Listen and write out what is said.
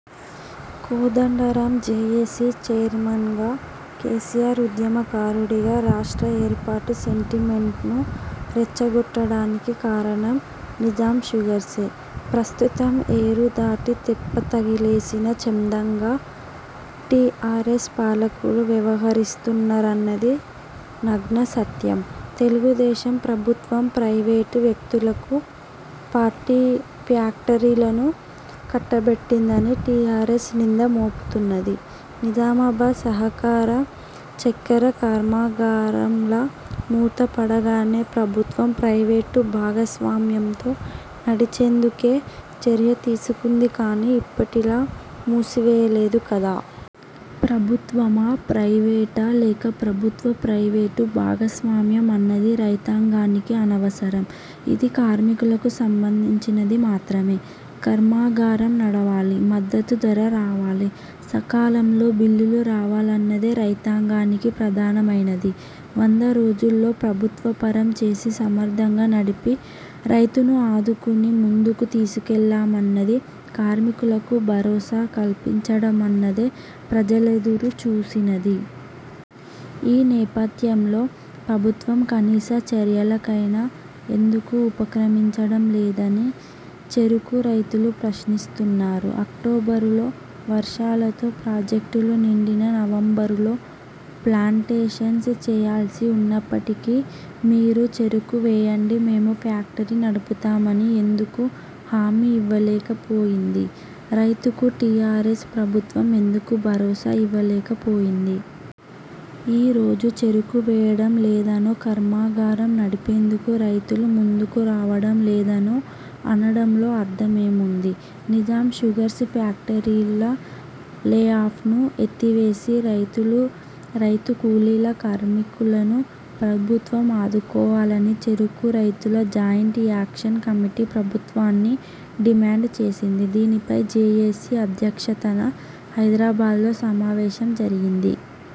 Kodandaram JAC చైర్మన్గా, KCR ఉద్యమకారుడిగా రాష్ట్ర ఏర్పాటు సెంటిమెంట్ను రెచ్చగొట్టడానికి కారణం నిజాం షుగర్సే. ప్రస్తుతం ఏరుదాటి తెప్పతగలేసిన చందంగా టీఆర్ఎస్ పాలకులు వ్యవహరిస్తున్నరన్నది నగ్న సత్యం. తెలుగుదేశం ప్రభుత్వం ప్రైవేటు వ్యక్తులకు ఫ్యాక్టరీలను కట్టబెట్టిందని టీఆర్ఎస్ నింద మోపుతున్నది. నిజామాబాద్ సహకార చక్కెర కర్మాగారంలా మూత పడగానే ప్రభుత్వం ప్రైవేటు భాగస్వామ్యంతో నడిచేందుకే చర్య తీసుకుంది కానీ, ఇప్పటిలా మూసివేయలేదు కదా? ప్రభుత్వమా? ప్రైవేటా? లేక ప్రభుత్వ, ప్రైవేటు భాగస్వామ్యం అన్నది రైతాంగానికి అనవసరం. ఇది కార్మికులకు సంబంధించినది మాత్రమే. కర్మాగారం నడవాలి మద్దతు ధర రావాలి. సకాలంలో బిల్లులు రావాలన్నదే రైతాంగానికి ప్రధానమైనది. వంద రోజుల్లో ప్రభుత్వపరం చేసి సమర్థంగా నడిపి రైతును ఆదుకుని ముందుకు తీసుకెళ్లామన్నది కార్మికులకు భరోసా కల్పించడమన్నదే ప్రజలెదురు చూసినది. ఈ నేపథ్యంలో ప్రభుత్వం కనీస చర్యలకైనా ఎందుకు ఉపక్రమించడం లేదని చెరకు రైతులు ప్రశ్నిస్తున్నారు. అక్టోబరులో వర్షాలతో ప్రాజెక్టులు నిండినా నవంబరులో ప్లాంటేషన్స్ చేయాల్సి ఉన్నప్పటికీ మీరు చెరకు వేయండి మేము ఫ్యాక్టరీ నడుపుతామని ఎందుకు హామీ ఇవ్వలేకపోయింది. రైతుకు టీఆర్ఎస్ ప్రభుత్వం ఎందుకు భరోసా ఇవ్వలేక పోయింది? ఈ రోజు చెరకు వేయడం లేదనో, కర్మాగారం నడిపేందుకు రైతులు ముందుకు రావడం లేదనో అనడంలో అర్థమేముంది? నిజాం షుగర్స్ ఫ్యాక్టరీల లేఆఫ్ను ఎత్తివేసి రైతులు, రైతు కూలీల, కార్మికులను ప్రభుత్వం ఆదుకోవాలని చెరకు రైతుల జాయింట్ యాక్షన్ కమిటీ ప్రభుత్వాన్ని డిమాండ్ చేసింది. దీనిపై జేఏసీ అధ్యక్షతన హైదరాబాద్లో సమావేశం జరిగింది.